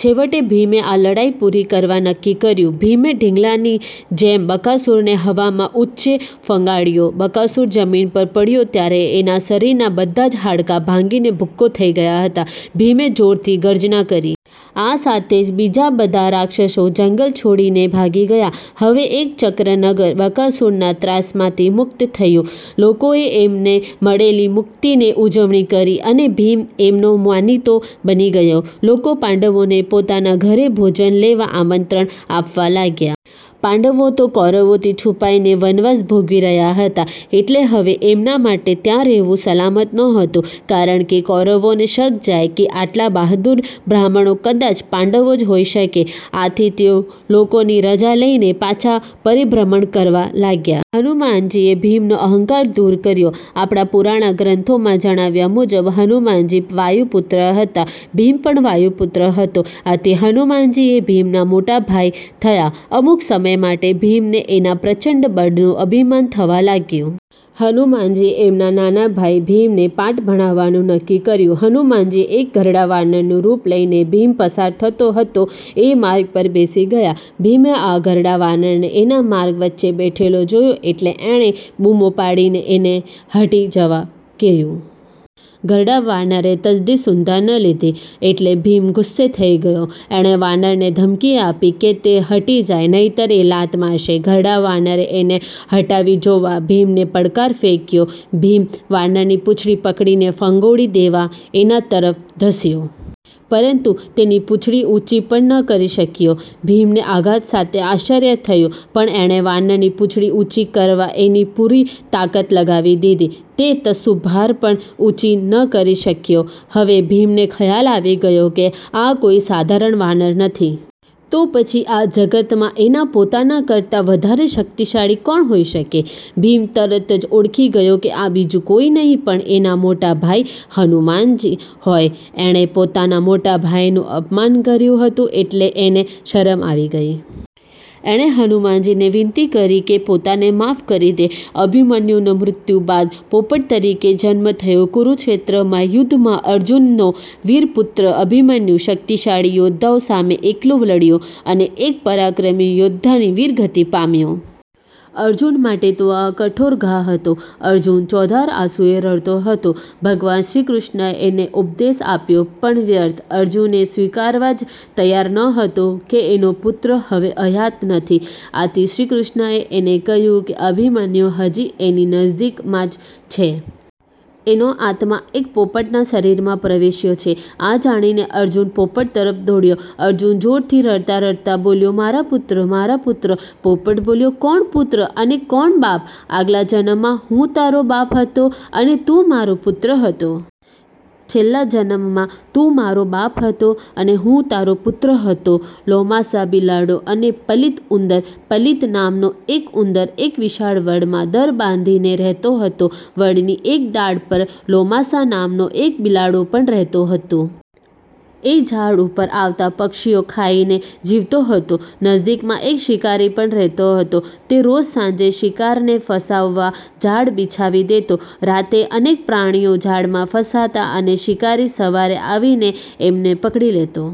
છેવટે ભીમે આ લડાઈ પૂરી કરવા નક્કી કર્યું. ભીમે ઢીંગલાની જેમ બકાસુરને હવામાં ઉંચે। ફંગોળ્યો. બકાસુર જમીન પર પડ્યો ત્યારે એના શરીરના બધા જ હાડકાં ભાંગીને ભુક્કો થઇ ગયા હતા. ભીમે જોરથી ગર્જના કરી. આ સાથે જ બીજા બધા રાક્ષસો જંગલ છોડીને ભાગી ગયા. હવે એકચક્ર નગર બકાસુરના ત્રાસમાંથી મુક્ત થયું. લોકોએ એમને મળેલી મુક્તિની ઉજવણી કરી અને ભીમ એમનો માનીતો બની ગયો. લોકો પાંડવોને પોતાના ઘરે ભોજન લેવા આમંત્રણ આપવા લાગ્યા. પાંડવો તો કૌરવોથી છુપાઈને વનવાસ ભોગવી રહ્યા હતા એટલે હવે એમના માટે ત્યાં રહેવું સલામત નહોતું કારણકે કૌરવોને શક જાય કે આટલા બહાદુર બ્રાહ્મણો કદાચ પાંડવો જ હોઈ શકે. આથી તેઓ લોકોની રજા લઈને પાછા પરિભ્રમણ કરવા લાગ્યા. હનુમાનજીએ ભીમનો અહંકાર દુર કર્યો આપણા પુરાણા ગ્રંથોમાં જણાવ્યા મુજબ હનુમાનજી વાયુપુત્ર હતા. ભીમ પણ વાયુપુત્ર હતો. આથી હનુમાનજી એ ભીમના મોટા ભાઈ થયા. અમુક સમય માટે ભીમને એના પ્રચંડ બળનું અભિમાન થવા લાગ્યું. હનુમાનજીએ એમના નાના ભાઈ ભીમને પાઠ ભણાવવાનું નક્કી કર્યું. હનુમાનજી એક ઘરડા વાનરનું રૂપ લઈને ભીમ પસાર થતો હતો એ માર્ગ પર બેસી ગયા. ભીમે આ ઘરડા વાનરને એના માર્ગ વચ્ચે બેઠેલો જોયો એટલે એણે બુમો પાડીને એને હટી જવા કહ્યું. ઘરડા વાનરે તસ્દી સુધ્ધાં ન લીધી એટલે ભીમ ગુસ્સે થઇ ગયો. એણે વાનરને ધમકી આપી કે તે હટી જાય નહીંતર એ લાત મારશે. ઘરડા વાનરે એને હટાવી જોવા ભીમને પડકાર ફેંક્યો. ભીમ વાનરને પૂંછડી પકડીને ફંગોળી દેવા એના તરફ ધસ્યો. પરંતુ... એ તેની પૂંછડી ઉંચી પણ ન કરી શક્યો! ભીમને આઘાત સાથે આશ્ચર્ય થયું પણ એણે વાનરની પૂંછડી ઉંચી કરવા એની પૂરી તાકાત લગાવી દીધી. તે તસુભાર પણ ઉંચી ન કરી શક્યો! હવે ભીમને ખ્યાલ આવી ગયો કે આ કોઈ સાધારણ વાનર નથી. તો પછી આ જગતમાં એના પોતાના કરતાં વધારે શક્તિશાળી કોણ હોઈ શકે? ભીમ તરત જ ઓળખી ગયો કે આ બીજું કોઈ નહીં પણ એના મોટા ભાઈ હનુમાનજી જ હોય. એણે પોતાના મોટા ભાઈનું અપમાન કર્યું હતું એટલે એને શરમ આવી ગઈ. એણે હનુમાનજીને વિનંતી કરી કે પોતાને માફ કરી દે. અભિમન્યુનો મૃત્યુ બાદ પોપટ તરીકે જન્મ થયો કુરુક્ષેત્રના યુદ્ધમાં અર્જુનનો વીર પુત્ર અભિમન્યુ શક્તિશાળી યોદ્ધાઓ સામે એકલો લડ્યો અને એક પરાક્રમી યોદ્ધાની વીરગતિ પામ્યો. અર્જુન માટે તો આ કઠોર ઘા હતો. અર્જુન ચોધાર આંસુએ રડતો હતો. ભગવાન શ્રીકૃષ્ણએ એને ઉપદેશ આપ્યો પણ વ્યર્થ. અર્જુન એ સ્વીકારવા જ તૈયાર નહોતો કે એનો પુત્ર હવે હયાત નથી. આથી શ્રીકૃષ્ણએ એને કહ્યું કે અભિમન્યુ હજી એની નજીકમાં જ છે. એનો આત્મા એક પોપટના શરીરમાં પ્રવેશ્યો છે. આ જાણીને અર્જુન પોપટ તરફ દોડ્યો. અર્જુન જોરથી રડતાં રડતાં બોલ્યો, "મારા પુત્ર! મારા પુત્ર! " પોપટ બોલ્યો, "કોણ પુત્ર અને કોણ બાપ? આગલા જન્મમાં હું તારો બાપ હતો અને તું મારો પુત્ર હતો. છેલ્લા જન્મમાં તું મારો બાપ હતો અને હું તારો પુત્ર હતો". લોમાસા બિલાડો અને પલિત ઉંદર પલિત નામનો એક ઉંદર એક વિશાળ વડમાં દર બાંધીને રહેતો હતો. વડની એક ડાળ પર લોમાસા નામનો એક બિલાડો પણ રહેતો હતો. એ ઝાડ ઉપર આવતા પક્ષીઓ ખાઈને જીવતો હતો. નજીકમાં એક શિકારી પણ રહેતો હતો. તે રોજ સાંજે શિકારને ફસાવવા જાળ બિછાવી દેતો. રાતે અનેક પ્રાણીઓ જાળમાં ફસાતાં અને શિકારી સવારે આવીને એમને પકડી લેતો.